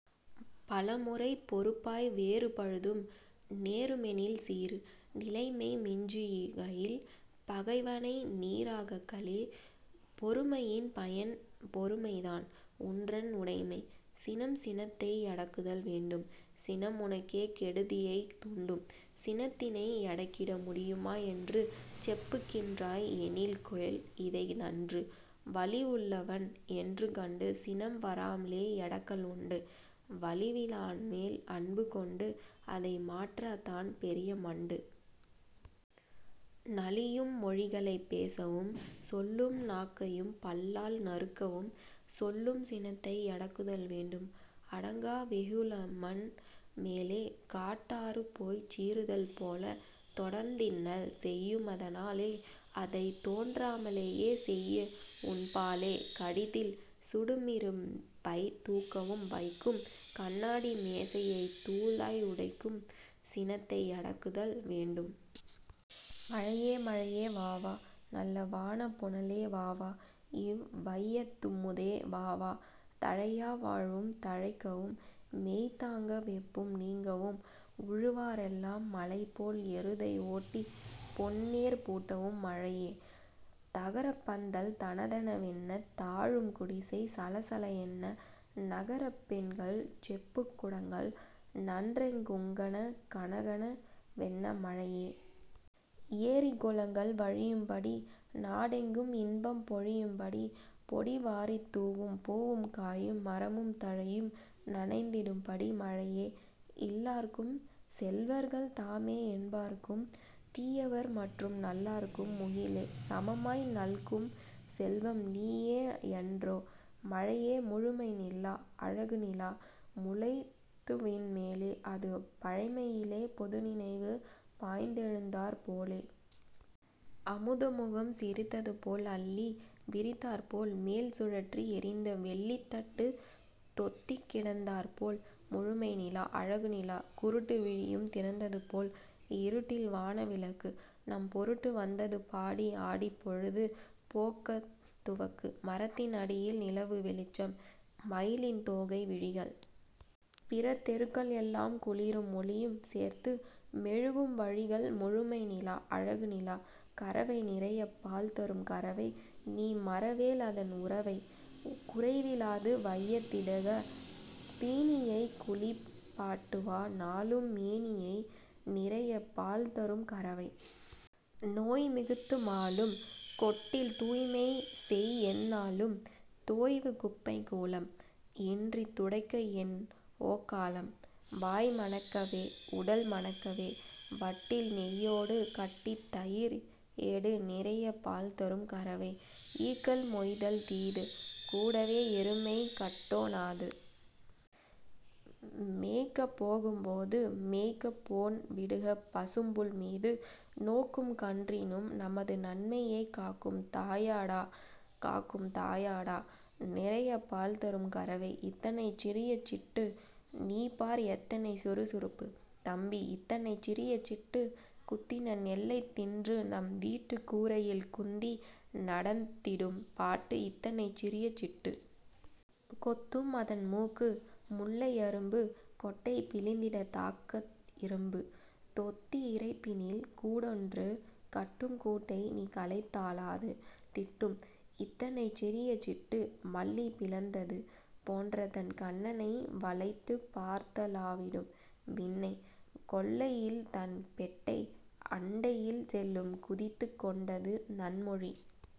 பலமுறை பொறுப்பாய் வேறு பழுதும் நேருமெனில் சீறு! நிலைமை மிஞ்சுகையில் பகைவனை நீறாக்கலே பொறுமையின் பயன் பொறுமைதான் உன்றன் உடைமை! சினம் சினத்தை யடக்குதல் வேண்டும் -- சினம் உனக்கே கெடுதியைத் தூண்டும்! சினத்தினை யடக்கிட முடியுமா என்று செப்புகின்றாய் எனில்கேள் இதை நன்று। வலிவுள்ளவன் என்று கண்டு -- சினம் வாராமலே யடக்கல் உண்டு; வலிவிலான்மேல் அன்பு கொண்டு -- அதை மாற்றாதான் பெரிய மண்டு! நலியும் மொழிகளைப் பேசவும் சொல்லும் நாக்கையும் பல்லால் நறுக்கவும் சொல்லும் சினத்தை யடக்குதல் வேண்டும்! அடங்கா வெகுளமண் மேலே -- காட் டாறுபோய்ச் சீறுதல் போலே, தொடர்ந்தின்னல் செய்யுமதனாலே -- அதைத் தோன்றாமலே செய்உன் பாலே! கடிதில் சுடுமிரும்பைத் தூக்கவும் வைக்கும் கண்ணாடி மேசையைத் தூளாய் உடைக்கும் சினத்தை யடக்குதல் வேண்டும்! மழையே மழையே வா வா -- நல்ல வானப்புனலே வா வா! --இவ் வையத்தமுதே வாவா! தழையா வாழ்வும் தழைக்கவும் -- மெய் தாங்கா வெப்பம் நீங்கவும் உழுவாரெல்லாம் மலைபோல் எருதை ஓட்டிப் பொன்னேர் பூட்டவும் மழையே... தகரப்பந்தல் தணதண வென்னத் தாழும் குடிசை சளசள என்ன நகரப்பெண்கள் செப்புக் குடங்கள் நன்றெங் குங்கண கணகண வென்ன மழையே... ஏரி குளங்கள் வழியும்படி, நா டெங்கும் இன்பம் பொழியும்படி, பொடி வாரித்தூவும் பூவும் காயும் மரமும் தழையும் நனைந்திடும்படி மழையே... இல்லாருக்கும், செல்வர்கள் தாமே என்பாருக்கும், தீயவர் மற்றும் நல்லாருக்கும் முகிலே சமமாய் நல்கும் செல்வம் நீயேயன்றோ? மழையே... முழுமை நிலா! அழகு நிலா! முளைத்ததுவிண் மேலே --அது பழைமையிலே புதுநினைவு பாய்ந்தெழுந்தாற் போலே! அழுதமுகம் சிரித்ததுபோல் அல்லி விரித்தாற் போல் -- மேல் சுழற்றி எறிந்த வெள்ளித்தட்டுத் தொத்திக்கிடந் தாற்போல் முழுமை நிலா! அழகு நிலா! குருட்டு விழியும் திறந்ததுபோல் இருட்டில் வான விளக்கு! -- நம் பொருட்டு வந்ததுபாடி ஆடிப் பொழுது போக்கத் துவக்கு! மரத்தின் அடியில் நிலவு வெளிச்சம் மயிலின் தோகை விழிகள்! -- பிற தெருக்கள் எல்லாம் குளிரும் ஒளியும் சேர்த்து மெழுகும் வழிகள்! முழுமை நிலா! அழகு நிலா! கறவை நிறையப் பால் தரும் கறவை -- நீ மறவேல் அதன் உறவை! குறைவிலாது வையத் திடுக தீனியைக் குளிப் பாட்டிவா நாளும் மேனியை! நிறையப் பால்தரும் கறவை! நோய் மிகுத்து மாளும்! -- கொட்டில் தூய்மை செய்எந் நாளும்! தோய்வு குப்பை கூளம் -- இன்றித் துடைக்க என் ஓக்காளம்? வாய் மணக்கவே, உடல் மணக்கவே வட்டில் நெய்யோடு கட்டித்தயிர் ஏடு நிறையப் பால்தரும் கறவை! ஈக்கள் மொய்த்தல் தீது! -- கூடவே எருமை கட்டொ ணாது! மேய்க்கப் போகும் போது -- மேய்கப்போன் விடுக பசும்புல் மீது! நோக்கும் கன்றினும், நமது நன்மையைக் காக்கும் தாயாடா! காக்கும் தாயாடா! நிறையப் பால்தரும் கறவை! இத்தனைச் சிறிய சிட்டு! -- நீபார்! எத்தனை சுறுசுறுப்பு! -- தம்பி இத்தனைச் சிறிய சிட்டு! குத்தின நெல்லைத் தின்றுநம் வீட்டுக் கூரையில் குந்தி நடத்திடும் பாட்டு இத்தனைச் சிறிய சிட்டு! கொத்தும் அதன்மூக்கு முல்லை அரும்பு கொட்டை பிளிந்திடத் தாக்கு இரும்பு! தொத்தி இறைப்பினில் கூடொன்று கட்டும் கூட்டை நீ கலைத் தாலது திட்டும்! இத்தனைச் சிறிய சிட்டு! மல்லி பிளந்தது போன்றதன் கண்ணை வளைத்துப் பார்த்த ளாவிடும் விண்ணை! கொல்லையில் தன் பெட்டை அண்டையில் செல்லும் குதித்துக் கொண்டது நன்மொழி